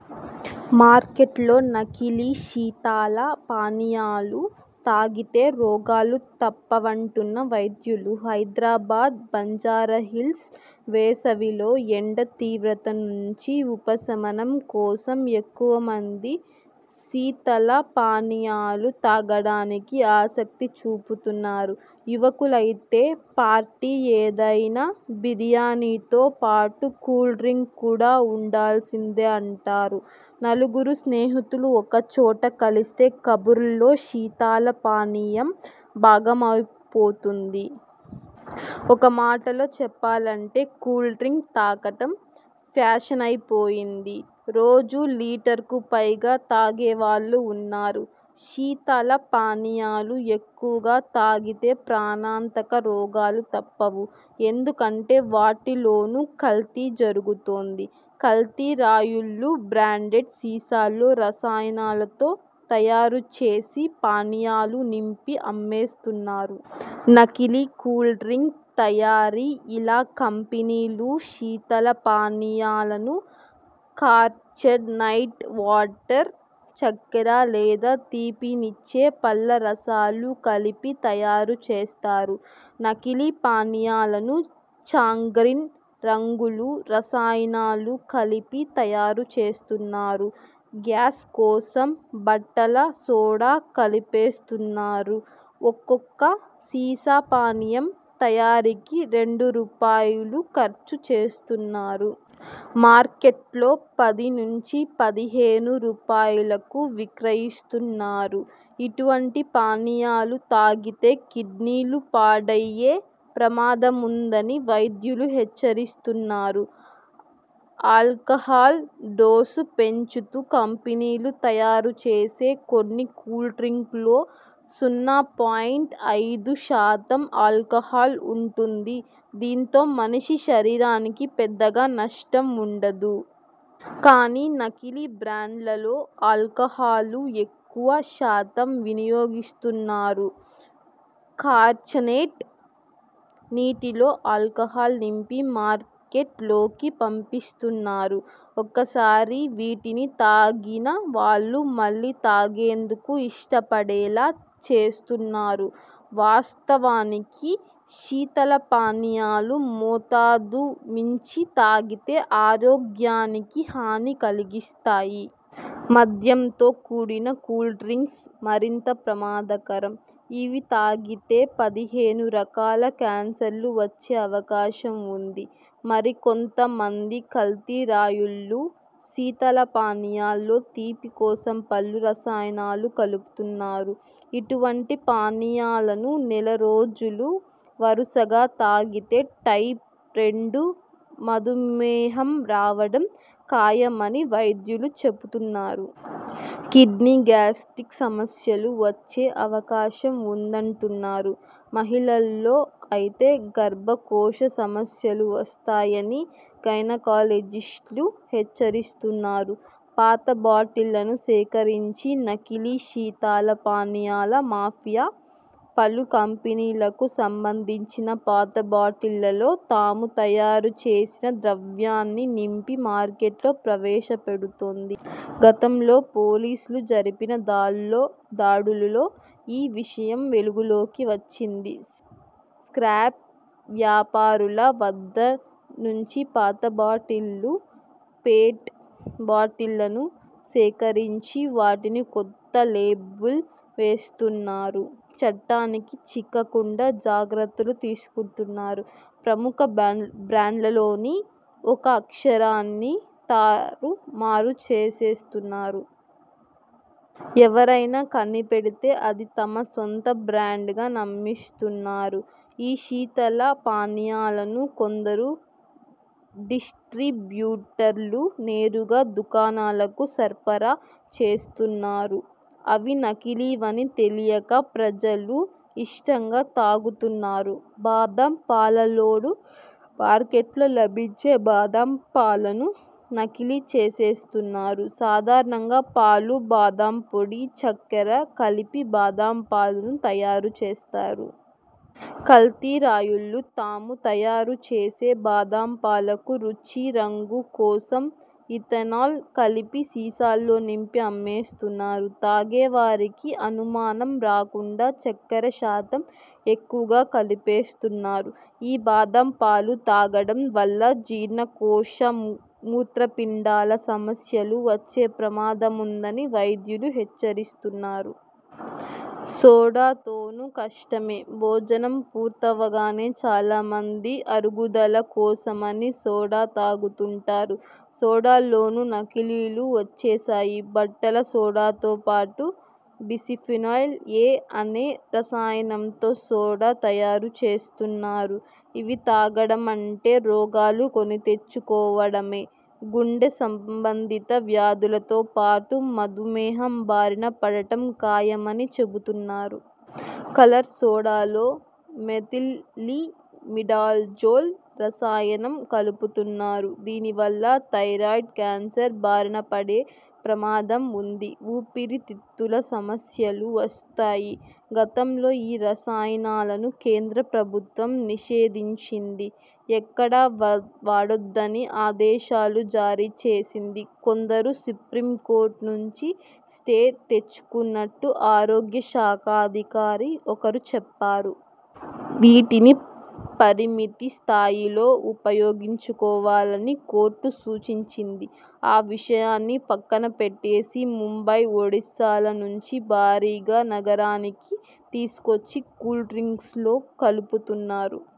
మార్కెట్లో నకిలీ శీతల పానీయాలు తాగితే రోగాలు తప్పవంటున్న వైద్యులు హైదరాబాద్, బంజారాహిల్స్ వేసవిలో ఎండ తీవ్రత నుంచి ఉపశమనం కోసం ఎక్కువ మంది శీతల పానీయాలు తాగడానికి ఆసక్తి చూపుతారు. యువకులైతే పార్టీ ఏదైనా బిర్యానీతో పాటు కూల్డ్రింక్ ఉండా ల్సిందేనంటారు. నలుగురు స్నేహితులు ఒకచోట కలిస్తే కబుర్లలో శీతల పానీయం భాగమైపోతోంది. ఒక్క మాటలో చెప్పాలంటే కూల్డ్రింక్ తాగడం ఫ్యాషనైపోయింది. రోజూ లీటర్కు పైగా తాగే వాళ్లూ ఉన్నారు. శీతల పానీయాలు ఎక్కువగా తాగితే ప్రాణాంతక రోగాలు తప్పవు. ఎందుకంటే వాటి లోనూ కల్తీ జరుగుతోంది. కల్తీ రాయుళ్లు బ్రాండెడ్ సీసాల్లో రసాయనాలతో తయారు చేసిన పానీయాలు నింపి అమ్మేస్తున్నారు. నకిలీ కూల్డ్రింక్ తయారీ ఇలా కంపెనీలు శీతల పానీయాలను కార్చనైజ్డ్ వాటర్, చక్కెర లేదా తీపినిచ్చే పళ్ల రసాలు కలిపి తయారు చేస్తాయి. నకిలీ పానీయాలను చాక్రీన్, రంగులు, రసాయనాలు కలిపి తయారు చేస్తున్నారు. గ్యాస్ కోసం బట్టల సోడా కలిపేస్తున్నారు. ఒక్కొక్క సీసా పానీయం తయారీకి రెండు రూపాయలు ఖర్చు చేస్తున్నారు. మార్కెట్లో పది నుంచి పదిహేను రూపాయలకు విక్రయిస్తున్నారు. ఇటువంటి పానీయాలు తాగితే కిడ్నీలు పాడయ్యే ప్రమాదముందని వైద్యులు హెచ్చరిస్తున్నారు. ఆల్కహాల్ డోసు పెంచుతూ కంపెనీలు తయారు చేసే కొన్ని కూల్డ్రింక్స్లో సున్నా పాయింట్ ఐదు శాతం ఆల్కహాల్ ఉంటుంది. దీంతో మనిషి శరీరానికి పెద్దగా నష్టం ఉండదు. కానీ నకిలీ బ్రాండ్లలో ఆల్కహాల్ను ఎక్కువ శాతం వినియోగిస్తు న్నారు. కార్చనేట్ నీటిలో ఆల్కహాల్ నింపి మార్కెట్ లోకి పంపిస్తున్నారు. ఒకసారి వీటిని తాగిన వాళ్లు మళ్లీ తాగేందుకు ఇష్టపడేలా చేస్తున్నారు. వాస్త వానికి శీతల పానీయాలు మోతాదు మించి తాగితే ఆరోగ్యానికి హాని కలిగిస్తాయి. మద్యంతో కూడిన కూల్డ్రింక్స్ మరింత ప్రమాదకరం. ఇవి తాగితే పదిహేను రకాల కేన్సర్లు వచ్చే అవకాశం ఉంది. మరికొంత మంది కల్తీ రాయుళ్లు శీతల పానీయాల్లో తీపి కోసం పలు రసాయనాలు కలుపుతున్నారు. ఇటువంటి పానీయాలను నెల రోజులు వరుసగా తాగితే టైప్ రెండు మధుమేహం రావడం ఖాయమని వైద్యులు చెబుతున్నారు. కిడ్నీ, గ్యాస్ట్రిక్ సమస్యలూ వచ్చే అవకాశం ఉందంటున్నారు. మహిళల్లో అయితే గర్భకోశ సమస్యలు వస్తాయని గైనకాలజిస్ట్లు హెచ్చరిస్తున్నారు. పాత బాటిళ్లను సేకరించి, నకిలీ శీతల పానీయాల మాఫియా పలు కంపెనీలకు సంబంధించిన పాత బాటిళ్లలో తాము తయారు చేసిన ద్రవాన్ని నింపి మార్కెట్లో ప్రవేశ పెడుతోంది. గతంలో పోలీసులు జరిపిన దాడుల్లో ఈ విషయం వెలుగులోకి వచ్చింది. స్క్రాప్ వ్యాపా రుల వద్ద నుంచి పాత బాటిళ్లు, పెట్ బాటిళ్లను సేకరించి వాటికి కొత్త లేబుల్ వేస్తున్నారు. చట్టానికి చిక్క కుండా జాగ్రత్తలు తీసుకుంటున్నారు. ప్రముఖ బ్రాండ్లలోని ఒక అక్షరాన్ని తారు మారు చేసేస్తు న్నారు. ఎవరైనా కనిపెడితే అది తమ సొంత బ్రాండ్గా నమ్మిస్తున్నారు. ఈ శీతల పానీయాలను కొందరు డిస్ట్రీ బ్యూటర్లు నేరుగా దుకాణాలకు సరఫరా చేస్తున్నారు. అవి నకిలీవని తెలియక ప్రజలు ఇష్టంగా తాగుతున్నారు. బాదం పాలలోనూ, మార్కెట్లో లభించే బాదం పాలనూ నకిలీ చేసేస్తున్నారు. సాధారణంగా పాలు, బాదం పొడి, చక్కెర కలిపి బాదం పాలను తయారు చేస్తారు. కల్తీ రాయుళ్లు తాము తయారు చేసే బాదం పాలకు రుచి, రంగు కోసం ఇథనాల్ కలిపి సీసాల్లో నింపి అమ్మేస్తున్నారు. తాగే వారికి అనుమానం రాకుండా చక్కెర శాతం ఎక్కువగా కలిపేస్తున్నారు. ఈ బాదం పాలు తాగడం వల్ల జీర్ణకోశ, మూత్ర పిండాల సమస్యలు వచ్చే ప్రమాదముందని వైద్యులు హెచ్చరిస్తున్నారు. సోడాతోనూ కష్టమే, భోజనం పూర్తవగానే చాలా మంది అరుగుదల కోసమని సోడా తాగుతుంటారు. సోడాల్లోనూ నకిలీలు వచ్చేశాయి. బట్టల సోడాతో పాటు బిస్ఫినోల్, ఎ అనే రసాయనంతో సోడా తయారు చేస్తున్నారు. ఇవి తాగడ మంటే రోగాలు కొనితెచ్చు కోవడమే. గుండె సంబంధిత వ్యాధులతో పాటు మధుమేహం బారిన పడటం ఖాయమని చెబుతు న్నారు. కలర్ సోడాలో మెథిలిమిడాజోల్ రసాయనం కలుపుతున్నారు. దీనివల్ల థైరాయిడ్, కేన్సర్ బారిన పడే ప్రమాదం ఉంది. ఊపిరి తిత్తుల సమస్యలూ వస్తాయి. గతంలో ఈ రసాయనాలను కేంద్ర ప్రభుత్వం నిషేధించింది. ఎక్కడా వాడొద్దని ఆదేశాలూ జారీ చేసింది. కొందరు సుప్రీంకోర్టు నుంచి స్టే తెచ్చుకున్నట్టు ఆరోగ్య శాఖ అధికారి ఒకరు చెప్పారు. వీటిని పరిమితి స్థాయిలో ఉపయో గించుకోవాలని కోర్టు సూచించింది. ఆ విషయాన్ని పక్కన పెట్టేసి ముంబై, ఒడిశాల నుం చి భారీగా నగరానికి తీసుకొచ్చి కూల్డ్రింక్స్లో కలుపుతున్నారు.